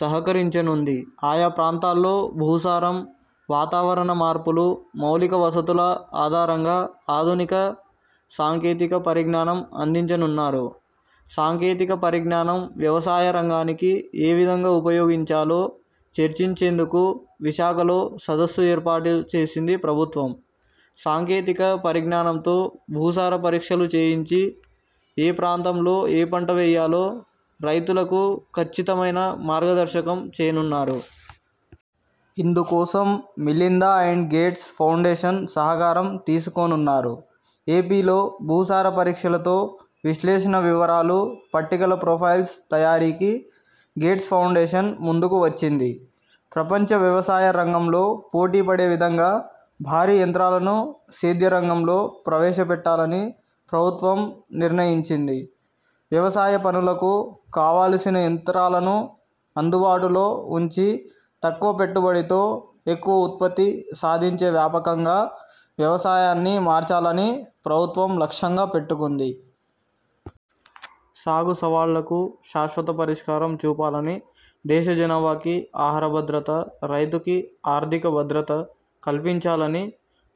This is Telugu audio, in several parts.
సహకరించనుంది ఆయా ప్రాంతాల్లో భూసారం, వాతావరణ మార్పులు, మౌలిక వసతుల ఆధారంగా ఆధునిక సాంకేతిక పరిజ్ఞానం అందించనున్నారు. సాంకేతిక పరిజ్ఞానం వ్యవసాయ రంగానికి ఏ విధంగా ఉపయోగించాలో చర్చించేందుకు విశాఖలో సదస్సు ఏర్పాటు చేసింది ప్రభుత్వం. సాంకేతిక పరిజ్ఞానంతో భూసార పరీక్షలు చేయించి ఏ ప్రాంతంలో ఏ పంట వేయాలో రైతులకు ఖచ్చితమైన మార్గదర్శకం చేయనున్నారు. ఇందుకోసం మిలిందా అండ్ గేట్స్ ఫౌండేషన్ సహకారం తీసుకొనున్నారు. ఏపీలో భూసార పరీక్షలతో విశ్లేషణ వివరాలు పట్టికల ప్రొఫైల్స్ తయారీకి గేట్స్ ఫౌండేషన్ ముందుకు వచ్చింది. ప్రపంచ వ్యవసాయ రంగంలో పోటీపడే విధంగా భారీ యంత్రాలను సేద్య రంగంలో ప్రవేశపెట్టాలని ప్రభుత్వం నిర్ణయించింది. వ్యవసాయ పనులకు కావల్సిన యంత్రాలను అందుబాటులో ఉంచి తక్కువ పెట్టుబడితో ఎక్కువ ఉత్పత్తి సాధించే వ్యాపకంగా వ్యవసాయాన్ని మార్చాలని ప్రభుత్వం లక్ష్యంగా పెట్టుకుంది. సాగు సవాళ్ళకు శాశ్వత పరిష్కారం చూపాలని దేశ జనాభాకి ఆహారభద్రత, రైతుకీ ఆర్థిక భద్రత కల్పించాలని,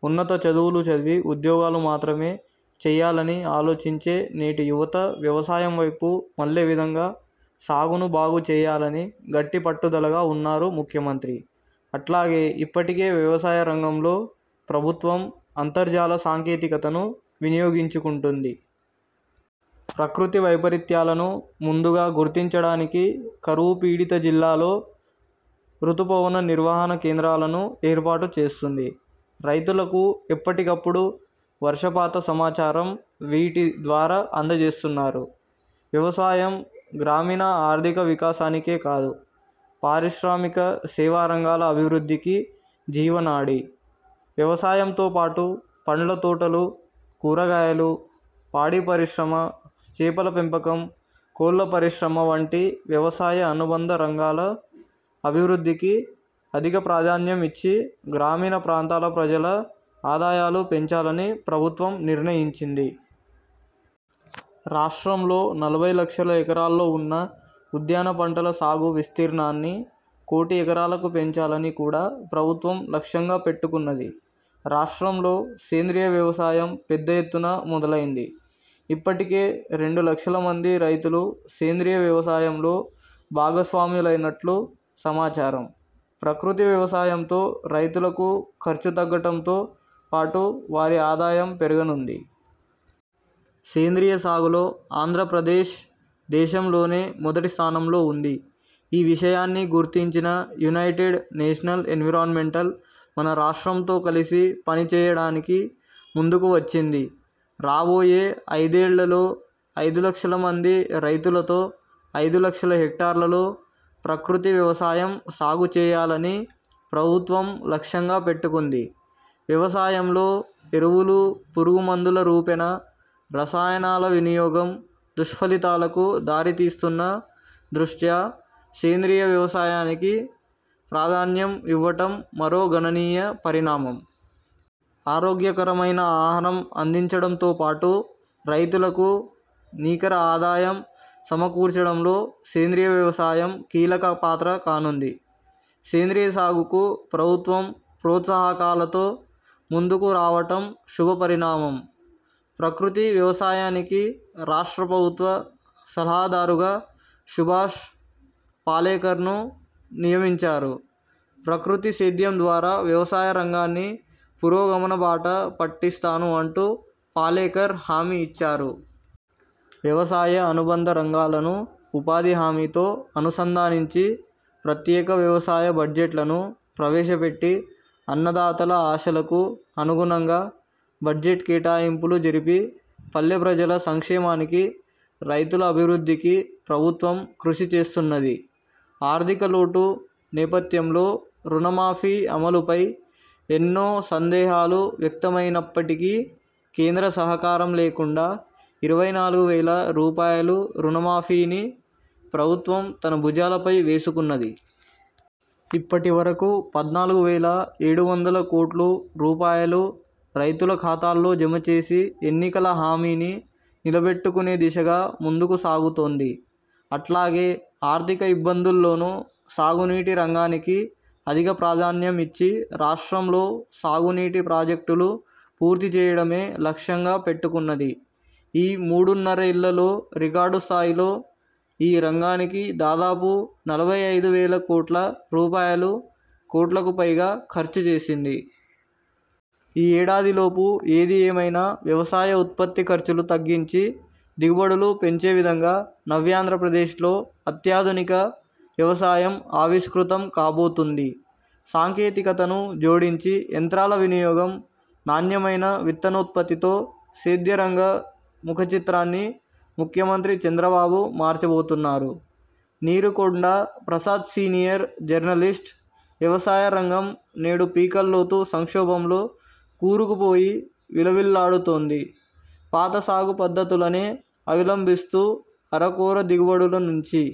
ఉన్నత చదువులు చదివి ఉద్యోగాలు మాత్రమే చేయాలని ఆలోచించే నేటి యువత వ్యవసాయం వైపు మళ్లే విధంగా సాగును బాగుచేయాలని గట్టి పట్టుదలగా ఉన్నారు ముఖ్యమంత్రి. అట్లాగే ఇప్పటికే వ్యవసాయ రంగంలో ప్రభుత్వం అంతర్జాల సాంకేతికతను వినియోగించుకుంటుంది. ప్రకృతి వైపరీత్యాలను ముందుగా గుర్తించడానికి, కరువు పీడిత జిల్లాల్లో రుతుపవన నిర్వహణ కేంద్రాలను ఏర్పాటు చేస్తుంది. రైతులకు ఎప్పటికప్పుడు వర్షపాత సమాచారం వీటి ద్వారా అందజేస్తున్నారు. వ్యవసాయం గ్రామీణ ఆర్థిక వికాసానికే కాదు పారిశ్రామిక, సేవా రంగాల అభివృద్ధికి జీవనాడి. వ్యవసాయంతో పాటు పండ్ల తోటలు, కూరగాయలు, పాడి పరిశ్రమ, చేపల పెంపకం, కోళ్ళ పరిశ్రమ వంటి వ్యవసాయ అనుబంధ రంగాల అభివృద్ధికి అధిక ప్రాధాన్యం ఇచ్చి గ్రామీణ ప్రాంతాల ప్రజల ఆదాయాలు పెంచాలని ప్రభుత్వం నిర్ణయించింది. రాష్ట్రంలో నలభై లక్షల ఎకరాల్లో వున్న ఉద్యాన పంటల సాగు విస్తీర్ణాన్ని కోటి ఎకరాలకు పెంచాలని కూడా ప్రభుత్వం లక్ష్యంగా పెట్టుకున్నది. రాష్ట్రంలో సేంద్రియ వ్యవసాయం పెద్దఎత్తున మొదలైంది. ఇప్పటికే రెండులక్షల మంది రైతులు సేంద్రియ వ్యవసాయంలో భాగస్వాములైనట్లు సమాచారం. ప్రకృతి వ్యవసాయంతో రైతులకు ఖర్చు తగ్గటంతో పాటు వారి ఆదాయం పెరగనుంది. సేంద్రియ సాగులో ఆంధ్రప్రదేశ్ దేశంలోనే మొదటిస్థానంలో ఉంది. ఈ విషయాన్ని గుర్తించిన యునైటెడ్ నేషనల్ ఎన్విరాన్మెంటల్ మన రాష్ట్రంతో కలిసి పనిచేయడానికి ముందుకు వచ్చింది. రాబోయే ఐదేళ్లలో ఐదులక్షల మంది రైతులతో ఐదులక్షల హెక్టార్లలో ప్రకృతి వ్యవసాయం సాగుచేయాలని ప్రభుత్వం లక్ష్యంగా పెట్టుకుంది. వ్యవసాయంలో ఎరువులు, పురుగుమందుల రూపేణ రసాయనాల వినియోగం దుష్ఫలితాలకు దారితీస్తున్న దృష్ట్యా సేంద్రియ వ్యవసాయానికి ప్రాధాన్యం ఇవ్వటం మరో గణనీయ పరిణామం. ఆరోగ్యకరమైన ఆహారం అందించడంతో పాటు రైతులకు నికర ఆదాయం సమకూర్చడంలో సేంద్రియ వ్యవసాయం కీలక పాత్ర కానుంది. సేంద్రీయ సాగుకు ప్రభుత్వం ప్రోత్సాహకాలతో ముందుకు రావటం శుభపరిణామం. ప్రకృతి వ్యవసాయానికి రాష్ట్ర ప్రభుత్వ సలహాదారుగా సుభాష్ పాలేకర్ను నియమించారు. ప్రకృతి సేద్యం ద్వారా వ్యవసాయ రంగాన్ని పురోగమన బాట పట్టిస్తాను అంటూ పాలేకర్ హామీ ఇచ్చారు. వ్యవసాయ అనుబంధ రంగాలను ఉపాధి హామీతో అనుసంధానించి ప్రత్యేక వ్యవసాయ బడ్జెట్లను ప్రవేశపెట్టి అన్నదాతల ఆశలకు అనుగుణంగా బడ్జెట్ కేటాయింపులు జరిపి పల్లెప్రజల సంక్షేమానికి, రైతుల అభివృద్ధికి ప్రభుత్వం కృషిచేస్తున్నది. ఆర్థికలోటు నేపథ్యంలో రుణమాఫీ అమలుపై ఎన్నో సందేహాలు వ్యక్తమైనప్పటికీ కేంద్ర సహకారం లేకుండా ఇరవై నాలుగు వేల రూపాయలు రుణమాఫీని ప్రభుత్వం తన భుజాలపై వేసుకున్నది. ఇప్పటివరకు పద్నాలుగు వేల ఏడు వందల కోట్లు రూపాయలు రైతుల ఖాతాల్లో జమచేసి ఎన్నికల హామీని నిలబెట్టుకునే దిశగా ముందుకు సాగుతోంది. అట్లాగే ఆర్థిక ఇబ్బందుల్లోనూ సాగునీటి రంగానికి అధిక ప్రాధాన్యం ఇచ్చి రాష్ట్రంలో సాగునీటి ప్రాజెక్టులు పూర్తిచేయడమే లక్ష్యంగా పెట్టుకున్నది. ఈ మూడున్నరేళ్లలో రికార్డు స్థాయిలో ఈ రంగానికి దాదాపు నలభై ఐదు వేల కోట్ల రూపాయలు కోట్లకుపైగా ఖర్చుచేసింది. ఈ ఏడాది లోపు ఏది ఏమైనా వ్యవసాయ ఉత్పత్తి ఖర్చులు తగ్గించి దిగుబడులు పెంచేవిధంగా నవ్యాంధ్రప్రదేశ్లో అత్యాధునిక వ్యవసాయం ఆవిష్కృతం కాబోతుంది. సాంకేతికతను జోడించి యంత్రాల వినియోగం, నాణ్యమైన విత్తనోత్పత్తితో సేద్య రంగ ముఖచిత్రాన్ని ముఖ్యమంత్రి చంద్రబాబు మార్చబోతున్నారు. నీరుకొండ ప్రసాద్సీనియర్ జర్నలిస్ట్ వ్యవసాయ రంగం నేడు పీకల్లోతు సంక్షోభంలో కూరుకుపోయి విలవిల్లాడుతోంది. పాత సాగు పద్ధతులనే అవలంబిస్తూ అరకొర దిగుబడుల నుంచి